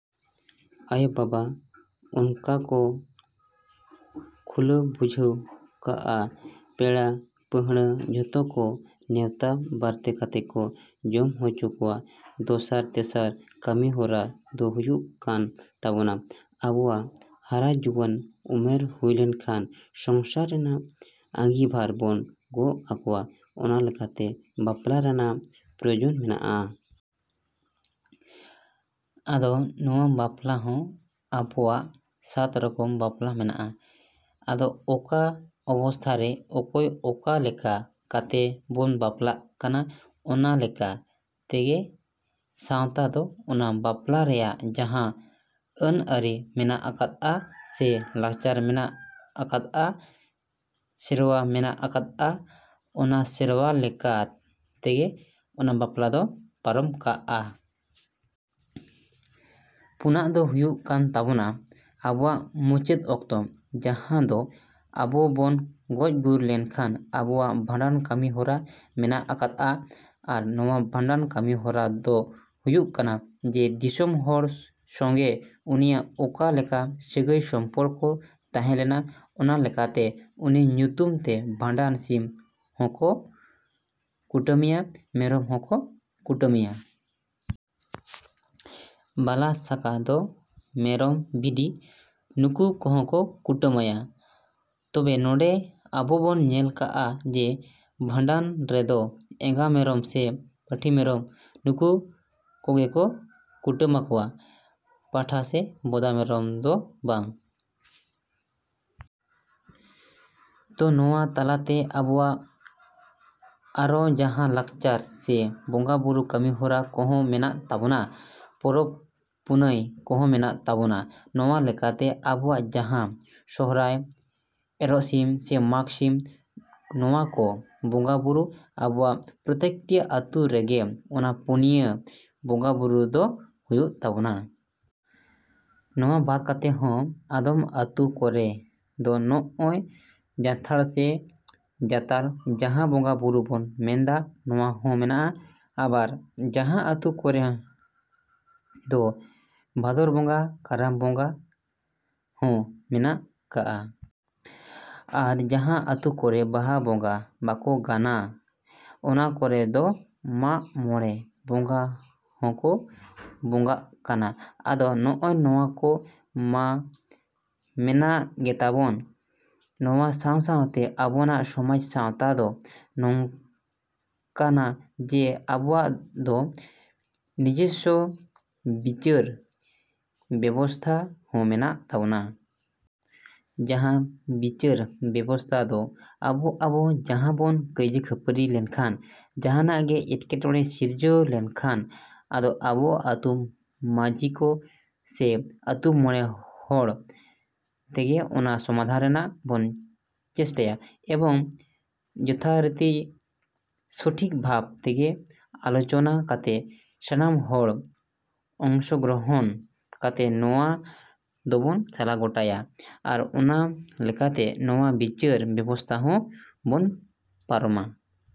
‎ᱟᱭᱳᱼᱵᱟᱵᱟ ᱚᱱᱠᱟ ᱠᱚ ᱠᱩᱞᱟᱹᱣ ᱡᱩᱴᱟᱹᱣ ᱠᱟᱜᱼᱟ, ᱯᱮᱲᱟᱼᱯᱟᱺᱦᱲᱟᱹ ᱡᱚᱛᱚ ᱠᱚ ᱱᱮᱣᱛᱟ ᱵᱟᱨᱛᱮ ᱠᱟᱛᱮ ᱠᱚ ᱡᱚᱢ ᱦᱚᱪᱚ ᱠᱚᱣᱟ᱾ ᱫᱚᱥᱟᱨ, ᱛᱮᱥᱟᱨ ᱠᱟᱹᱢᱤᱦᱚᱨᱟ ᱫᱚ ᱦᱩᱭᱩᱜ ᱠᱟᱱ ᱛᱟᱵᱚᱱᱟ ᱟᱵᱚᱣᱟᱜ ᱦᱟᱨᱟ ᱡᱩᱣᱟᱹᱱ ᱩᱢᱮᱨ ᱦᱩᱭ ᱞᱮᱱᱠᱷᱟᱱ ᱥᱚᱝᱥᱟᱨ ᱨᱮᱱᱟᱜ ᱟᱺᱜᱤᱵᱷᱟᱨ ᱵᱚᱱ ᱜᱚᱜ ᱟᱠᱚᱣᱟᱜ ᱚᱱᱟ ᱞᱮᱠᱟᱛᱮ ᱵᱟᱯᱞᱟ ᱨᱮᱱᱟᱜ ᱯᱨᱚᱭᱳᱡᱚᱱ ᱢᱮᱱᱟᱜᱼᱟ᱾ ᱟᱫᱚ ᱱᱚᱣᱟ ᱵᱟᱯᱞᱟ ᱦᱚᱸ ᱟᱵᱚᱣᱟᱜ ᱥᱟᱛ ᱨᱚᱠᱚᱢ ᱵᱟᱯᱞᱟ ᱢᱮᱱᱟᱜᱼᱟ᱾ ᱟᱫᱚ ᱚᱠᱟ ᱚᱵᱚᱥᱛᱟ ᱨᱮ ᱚᱠᱚᱭ ᱚᱠᱟ ᱞᱮᱠᱟ ᱠᱟᱛᱮ ᱵᱚᱱ ᱵᱟᱯᱞᱟᱜ ᱠᱟᱱᱟ ᱚᱱᱟ ᱞᱮᱠᱟ ᱛᱮᱜᱮ ᱥᱟᱶᱛᱟ ᱫᱚ ᱚᱱᱟ ᱵᱟᱯᱞᱟ ᱨᱮᱱᱟᱜ ᱡᱟᱦᱟᱸ ᱟᱹᱱᱼᱟᱹᱨᱤ ᱢᱮᱱᱟᱜ ᱟᱠᱟᱫᱼᱟ ᱥᱮ ᱞᱟᱠᱪᱟᱨ ᱢᱮᱱᱟᱜ ᱟᱠᱟᱫᱼᱟ, ᱥᱮᱨᱣᱟ ᱢᱮᱱᱟᱜ ᱟᱠᱟᱫᱼᱟ, ᱚᱱᱟ ᱥᱮᱨᱣᱟ ᱞᱮᱠᱟ ᱛᱮᱜᱮ ᱚᱱᱟ ᱵᱟᱯᱞᱟ ᱫᱚ ᱯᱟᱨᱚᱢ ᱠᱟᱜᱼᱟ᱾ ᱯᱩᱱᱟᱜ ᱫᱚ ᱦᱩᱭᱩᱜ ᱠᱟᱱ ᱛᱟᱵᱚᱱᱟ ᱟᱵᱚᱣᱟᱜ ᱢᱩᱪᱟᱹᱫ ᱚᱠᱛᱚ, ᱡᱟᱦᱟᱸ ᱫᱚ ᱟᱵᱚ ᱵᱚᱱ ᱜᱚᱡ ᱜᱩᱨ ᱞᱮᱱ ᱠᱷᱟᱱ ᱟᱵᱚᱣᱟᱜ ᱵᱷᱟᱸᱰᱟᱱ ᱠᱟᱹᱢᱤ ᱦᱚᱨᱟ ᱢᱮᱱᱟᱜ ᱟᱠᱟᱫᱼᱟ᱾ ᱟᱨ ᱱᱚᱣᱟ ᱵᱷᱟᱸᱰᱟᱱ ᱠᱟᱹᱢᱤ ᱦᱚᱨᱟ ᱫᱚ ᱦᱩᱭᱩᱜ ᱠᱟᱱᱟ ᱡᱮ, ᱫᱤᱥᱚᱢ ᱦᱚᱲ ᱥᱚᱸᱜᱮ ᱩᱱᱤᱭᱟᱜ ᱚᱠᱟ ᱞᱮᱠᱟ ᱥᱟᱹᱜᱟᱹᱭ ᱥᱚᱢᱯᱚᱨᱠᱚ ᱛᱟᱦᱮᱞᱮᱱᱟ ᱚᱱᱟ ᱞᱮᱠᱟᱛᱮ ᱩᱱᱤ ᱧᱩᱛᱩᱢ ᱛᱮ ᱵᱷᱟᱸᱰᱟᱱ ᱥᱤᱢ ᱦᱚᱸᱠᱚ ᱠᱩᱴᱟᱹᱢᱟᱭᱟ, ᱢᱮᱨᱚᱢ ᱦᱚᱸᱠᱚ ᱠᱩᱴᱟᱹᱢᱟᱭᱟ᱾ ᱵᱟᱞᱟ ᱥᱟᱠᱟ ᱫᱚ ᱢᱮᱨᱚᱢ, ᱵᱷᱤᱰᱤ ᱱᱩᱠᱩ ᱠᱚᱦᱚᱸ ᱠᱚ ᱠᱩᱴᱟᱹᱢᱟᱭᱟ᱾ ᱛᱚᱵᱮ ᱱᱚᱰᱮ ᱟᱵᱚ ᱵᱚᱱ ᱧᱮᱞ ᱠᱟᱫᱼᱟ, ᱡᱮ ᱵᱷᱟᱸᱰᱟᱱ ᱨᱮᱫᱚ ᱮᱸᱜᱟ ᱢᱮᱨᱚᱢ ᱥᱮ ᱯᱟᱹᱴᱷᱤ ᱢᱮᱨᱚᱱ ᱱᱩᱠᱩ ᱠᱚᱜᱮ ᱠᱚ ᱠᱩᱴᱟᱹᱢᱟᱠᱚᱣᱟ᱾ ᱯᱟᱸᱴᱷᱟ ᱥᱮ ᱵᱚᱫᱟ ᱢᱮᱨᱚᱢ ᱫᱚ ᱵᱟᱝ᱾ ᱛᱚ, ᱱᱚᱣᱟ ᱛᱟᱞᱟ ᱨᱮ ᱟᱵᱚᱣᱟᱜ ᱟᱨᱚ ᱡᱟᱦᱟᱸ ᱞᱟᱠᱪᱟᱨ ᱥᱮ ᱵᱚᱸᱜᱟ ᱵᱩᱨᱩ ᱠᱟᱹᱢᱤ ᱦᱚᱨᱟ ᱠᱚᱦᱚᱸ ᱢᱮᱱᱟᱜ ᱛᱟᱵᱚᱱᱟ, ᱯᱚᱨᱚᱵᱽᱼᱯᱩᱱᱟᱹᱭ ᱠᱚᱦᱚᱸ ᱢᱮᱱᱟᱜ ᱛᱟᱵᱚᱱᱟ ᱱᱚᱣᱟ ᱞᱮᱠᱟᱛᱮ ᱟᱵᱚᱣᱟᱜ ᱵᱟᱦᱟ, ᱥᱚᱨᱦᱟᱭ, ᱮᱨᱚᱜ ᱥᱤᱢ ᱥᱮ ᱢᱟᱜᱷ ᱥᱤᱢ ᱱᱚᱣᱟ ᱠᱚ ᱵᱚᱸᱜᱟ ᱵᱩᱨᱩ ᱟᱵᱚᱣᱟᱜ ᱯᱨᱚᱛᱛᱮᱠᱴᱤ ᱟᱛᱳ ᱨᱮᱜᱮ ᱚᱱᱟ ᱯᱩᱱᱭᱟᱹ ᱵᱚᱸᱜᱟ ᱵᱩᱨᱩ ᱫᱚ ᱦᱳᱭᱳᱜ ᱛᱟᱵᱚᱱᱟ᱾ ᱱᱚᱣᱟ ᱵᱟᱫ ᱠᱟᱛᱮ ᱦᱚᱸ ᱟᱫᱚᱢ ᱟᱛᱳ ᱠᱚᱨᱮ ᱫᱚ ᱱᱚᱜᱼᱚᱭ ᱡᱟᱱᱛᱷᱟᱲ ᱥᱮ ᱡᱟᱛᱟᱞ ᱡᱟᱦᱟᱸ ᱵᱚᱸᱜᱟ ᱵᱩᱨᱩ ᱵᱚᱱ ᱢᱮᱱᱫᱟ, ᱱᱚᱣᱟ ᱦᱚᱸ ᱢᱮᱱᱟᱜᱼᱟ ᱾ ᱟᱵᱟᱨ ᱡᱟᱦᱟᱸ ᱟᱛᱳ ᱠᱚᱨᱮ ᱫᱚ ᱵᱷᱟᱫᱚᱨ ᱵᱚᱸᱜᱟ ᱠᱟᱨᱟᱢ ᱵᱚᱸᱜᱟ ᱦᱚᱸ ᱢᱮᱱᱟᱜ ᱠᱟᱫᱼᱟ᱾ ᱟᱨ ᱡᱟᱦᱟᱸ ᱟᱛᱳ ᱠᱚᱨᱮ ᱵᱟᱦᱟ ᱵᱚᱸᱜᱟ ᱵᱟᱠᱚ ᱜᱟᱱᱟ, ᱚᱱᱟ ᱠᱚᱨᱮ ᱫᱚ ᱢᱟᱜᱢᱚᱬᱮ ᱵᱚᱸᱜᱟ ᱦᱚᱸᱠᱚ ᱵᱚᱸᱜᱟᱜ ᱠᱟᱱᱟ᱾ ᱟᱫᱚ ᱱᱚᱜᱼᱚᱭ ᱱᱚᱣᱟ ᱠᱚ ᱢᱟ ᱢᱮᱱᱟᱜ ᱜᱮᱛᱟ ᱵᱚᱱ, ᱱᱚᱣᱟ ᱥᱟᱶ ᱥᱟᱶ ᱛᱮ ᱟᱵᱚᱣᱟᱜ ᱥᱚᱢᱟᱡᱽ ᱥᱟᱶᱛᱟ ᱫᱚ ᱱᱚᱝᱠᱟᱱᱟ, ᱡᱮ ᱟᱵᱚᱣᱟᱜ ᱫᱚ ᱱᱤᱡᱚᱥᱥᱚ ᱵᱤᱪᱟᱨ ᱵᱮᱵᱚᱥᱛᱟ ᱦᱚᱸ ᱢᱮᱱᱟᱜ ᱛᱟᱵᱚᱱᱟ᱾ ᱡᱟᱦᱟᱸ ᱵᱤᱪᱟᱨ ᱵᱮᱵᱚᱥᱛᱟ ᱫᱚ ᱟᱵᱚ ᱟᱵᱚ ᱡᱟᱦᱟᱸᱭ ᱵᱚᱱ ᱠᱟᱹᱭᱡᱟᱹ ᱠᱷᱟᱹᱯᱟᱹᱨᱤ ᱞᱮᱱᱠᱷᱟᱱ ᱡᱟᱦᱟᱱᱟᱜ ᱜᱮ ᱮᱴᱠᱮᱴᱚᱬᱮ ᱥᱤᱨᱡᱟᱹᱣ ᱞᱮᱱᱠᱷᱟᱱ ᱟᱫᱚ ᱟᱵᱚ ᱟᱛᱳ ᱢᱟᱹᱡᱷᱤ ᱠᱚ ᱥᱮ ᱟᱛᱳ ᱢᱚᱬᱮ ᱦᱚᱲ ᱛᱮᱜᱮ ᱚᱱᱟ ᱥᱚᱢᱟᱫᱷᱟᱱ ᱨᱮᱱᱟᱜ ᱵᱚᱱ ᱪᱮᱥᱴᱟᱭᱟ, ᱮᱵᱚᱝ ᱡᱚᱛᱷᱟᱨᱤᱛᱤ ᱥᱚᱴᱷᱤᱠ ᱵᱷᱟᱵ ᱛᱮᱜᱮ ᱟᱞᱳᱪᱚᱱᱟ ᱠᱟᱛᱮ ᱥᱟᱱᱟᱢ ᱦᱚᱲ ᱟᱝᱥᱚᱜᱨᱚᱦᱚᱱ ᱠᱟᱛᱮ ᱱᱚᱣᱟ ᱫᱚᱵᱚᱱ ᱥᱟᱞᱟ ᱜᱚᱴᱟᱭᱟ᱾ ᱟᱨ ᱚᱱᱟ ᱞᱮᱠᱟᱛᱮ ᱱᱚᱣᱟ ᱵᱤᱪᱟᱨ ᱵᱮᱵᱚᱥᱛᱟ ᱦᱚᱸᱵᱚᱱ ᱯᱟᱨᱚᱢᱟ᱾।